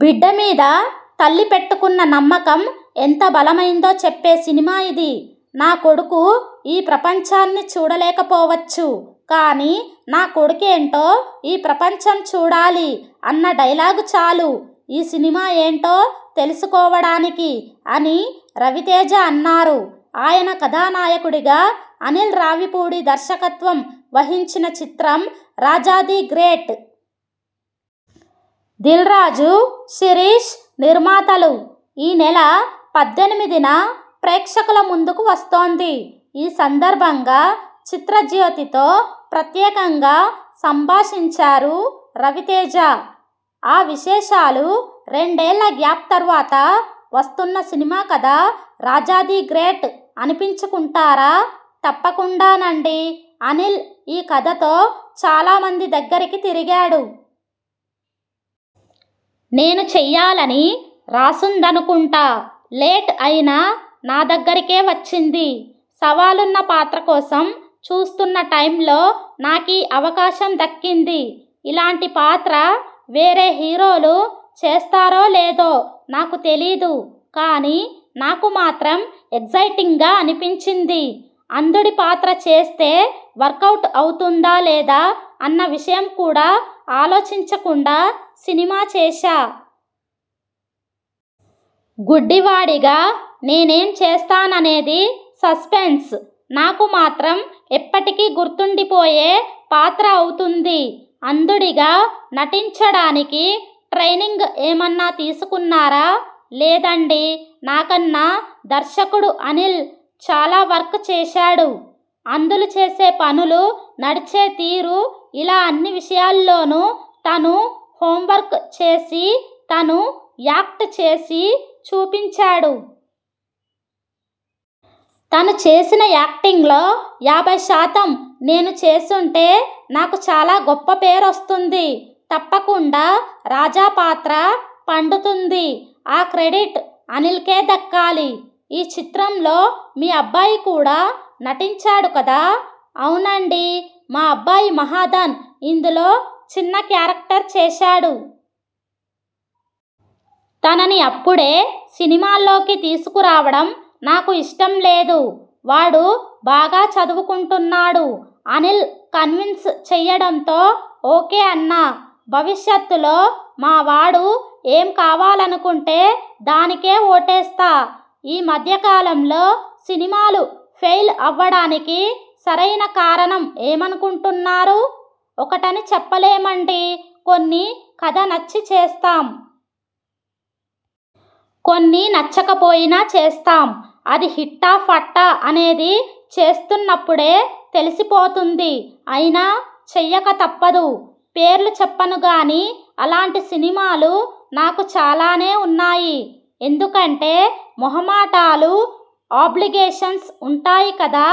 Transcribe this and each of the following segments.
బిడ్డ మీద తల్లి పెట్టుకున్న నమ్మకం ఎంత బలమైందో చెప్పే సినిమా ఇది. 'నా కొడుకు ఈ ప్రపంచాన్ని చూడలేకపోవచ్చు. కానీ నా కొడుకేంటో ఈ ప్రపంచం చూడాలి' అన్న డైలాగ్ చాలు ఈ సినిమా ఏంటో తెలుసుకోవడానికి'' అని రవితేజ అన్నారు. ఆయన కథానాయకుడిగా అనిల్ రావిపూడి దర్శకత్వం వహించిన చిత్రం 'రాజా ది గ్రేట్'. దిల్ రాజు, శిరీశ్ నిర్మాతలు. ఈ నెల పద్దెనిమిదిన ప్రేక్షకుల ముందుకు వస్తోంది. ఈ సందర్భంగా 'చిత్రజ్యోతి'తో ప్రత్యేకంగా సంభాషించారు రవితేజ. ఆ విశేషాలురెండేళ్ల గ్యాప్ తర్వాత వస్తున్న సినిమా కదా. 'రాజా ది గ్రేట్' అనిపించుకుంటారా? తప్పకుండానండీ. అనిల్ ఈ కథతో చాలామంది దగ్గరికి తిరిగాడు. నేను చెయ్యాలని రాసుందనుకుంటా. లేట్ అయినా నా దగ్గరికే వచ్చింది. సవాలున్న పాత్ర కోసం చూస్తున్న టైమ్లో నాకీ అవకాశం దక్కింది. ఇలాంటి పాత్ర వేరే హీరోలు చేస్తారో లేదో నాకు తెలీదు కానీ నాకు మాత్రం ఎగ్జైటింగ్గా అనిపించింది. అంధుడి పాత్ర చేస్తే వర్కవుట్ అవుతుందా లేదా అన్న విషయం కూడా ఆలోచించకుండా సినిమా చేశా. గుడ్డివాడిగా నేనేం చేస్తాననేది సస్పెన్స్. నాకు మాత్రం ఎప్పటికీ గుర్తుండిపోయే పాత్ర అవుతుంది. అంధుడిగా నటించడానికి ట్రైనింగ్ ఏమన్నా తీసుకున్నారా? లేదండీ. నాకన్నా దర్శకుడు అనిల్ చాలా వర్క్ చేశాడు. అంధులు చేసే పనులు, నడిచే తీరు ఇలా అన్ని విషయాల్లోనూ తను హోమ్వర్క్ చేసి తను యాక్ట్ చేసి చూపించాడు. తను చేసిన యాక్టింగ్లో యాభై శాతం నేను చేసుంటే నాకు చాలా గొప్ప పేరొస్తుంది. తప్పకుండా రాజా పాత్ర పండుతుంది. ఆ క్రెడిట్ అనిల్కే దక్కాలి. ఈ చిత్రంలో మీ అబ్బాయి కూడా నటించాడు కదా? అవునండీ.. మా అబ్బాయి మహాధన్ ఇందులో చిన్న క్యారెక్టర్ చేశాడు. తనని అప్పుడే సినిమాల్లోకి తీసుకురావడం నాకు ఇష్టం లేదు. వాడు బాగా చదువుకుంటున్నాడు. అనిల్ కన్విన్స్ చెయ్యడంతో ఓకే అన్నా. భవిష్యత్తులో మావాడు ఏం కావాలనుకుంటే దానికే ఓటేస్తా. ఈ మధ్యకాలంలో సినిమాలు ఫెయిల్ అవ్వడానికి సరైన కారణం ఏమనుకుంటున్నారు? ఒకటని చెప్పలేమండీ. కొన్ని కథ నచ్చి చేస్తాం. కొన్ని నచ్చకపోయినా చేస్తాం. అది హిట్టా ఫట్టా అనేది చేస్తున్నప్పుడే తెలిసిపోతుంది. అయినా చెయ్యక తప్పదు. పేర్లు చెప్పనుగానీ అలాంటి సినిమాలు నాకు చాలానే ఉన్నాయి. ఎందుకంటే మోహమాటాలు, ఆబ్లిగేషన్స్ ఉంటాయి కదా.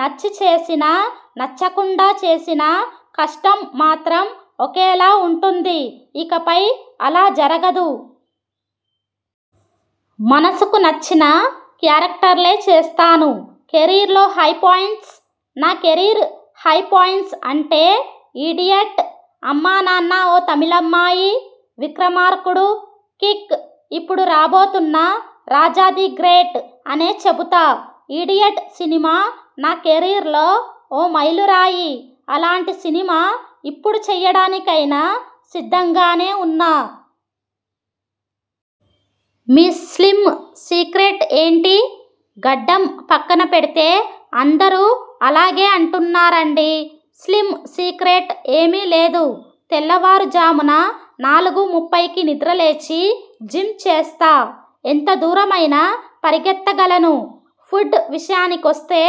నచ్చి చేసినా, నచ్చకుండా చేసినా కష్టం మాత్రం ఒకేలా ఉంటుంది. ఇకపై అలా జరగదు. మనసుకి నచ్చిన క్యారెక్టర్లే చేస్తాను. కెరీర్లో హై పాయింట్స్? నా కెరీర్ హై పాయింట్స్ అంటే 'ఇడియట్', 'అమ్మానాన్న ఓ తమిళమ్మాయి', 'విక్రమార్కుడు', 'కిక్' ఇప్పుడు రాబోతున్న 'రాజా ది గ్రేట్ అనే చెబుతా. 'ఇడియట్' సినిమా నా కెరీర్లో ఓ మైలురాయి. అలాంటి సినిమా ఇప్పుడు చెయ్యడానికైనా సిద్ధంగానే ఉన్నా. మీ స్లిమ్ సీక్రెట్ ఏంటి? గడ్డం పక్కన పెడితే అందరూ అలాగే అంటున్నారండీ. స్లిమ్ సీక్రెట్ ఏమీ లేదు. తెల్లవారుజామున నాలుగు ముప్పైకి నిద్రలేచి జిమ్ చేస్తా. ఎంత దూరమైనా పరిగెత్తగలను. ఫుడ్ విషయానికొస్తే..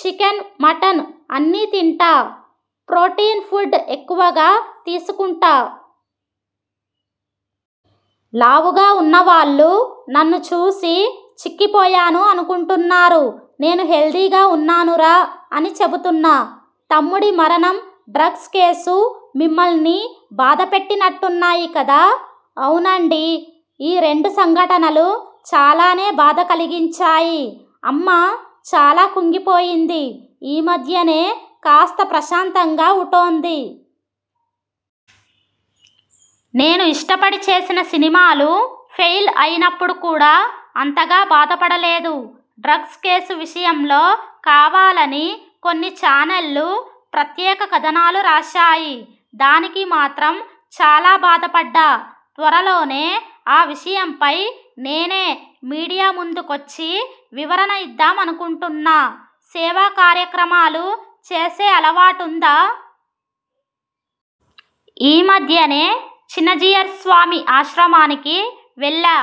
చికెన్, మటన్ అన్నీ తింటా. ప్రోటీన్ ఫుడ్ ఎక్కువగా తీసుకుంటా. లావుగా ఉన్నవాళ్లు నన్ను చూసి చిక్కిపోయాను అనుకుంటున్నారు. 'నేను హెల్దీగా ఉన్నాను రా' అని చెబుతున్నా. తమ్ముడి మరణం, డ్రగ్స్ కేసు మిమ్మల్ని బాధ పెట్టినట్టున్నాయి కదా? అవునండీ. ఈ రెండు సంఘటనలు చాలానే బాధ కలిగించాయి. అమ్మ చాలా కుంగిపోయింది. ఈ మధ్యనే కాస్త ప్రశాంతంగా ఉటోంది. నేను ఇష్టపడి చేసిన సినిమాలు ఫెయిల్ అయినప్పుడు కూడా అంతగా బాధ పడలేదు. డ్రగ్స్ కేసు విషయంలో కావాలని కొన్ని ఛానెళ్లు ప్రత్యేక కథనాలు రాశాయి. దానికి మాత్రం చాలా బాధపడ్డా. త్వరలోనే ఆ విషయంపై నేనే మీడియా ముందుకొచ్చి వివరణ ఇద్దామనుకుంటున్నా. సేవా కార్యక్రమాలు చేసే అలవాటుందా? ఈ మధ్యనే చిన్నజీయర్స్వామి ఆశ్రమానికి వెళ్లా.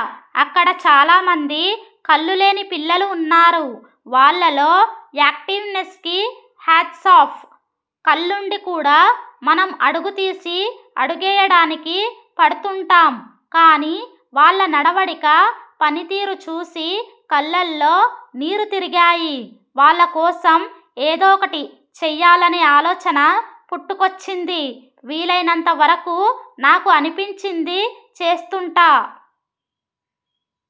అక్కడ చాలామంది కళ్లులేని పిల్లలు ఉన్నారు. వాళ్లలో యాక్టివ్నెస్కి హ్యాట్సాఫ్. కళ్లుండి కూడా మనం అడుగు తీసి అడుగేయడానికి పడుతుంటాం. కానీ వాళ్ల నడవడిక, పనితీరు చూసి కళ్లల్లో నీరు తిరిగాయి. వాళ్లకోసం ఏదొకటి చెయ్యాలనే ఆలోచన పుట్టుకొచ్చింది. వీలైనంత వరకూ నాకు అనిపించింది చేస్తుంటా.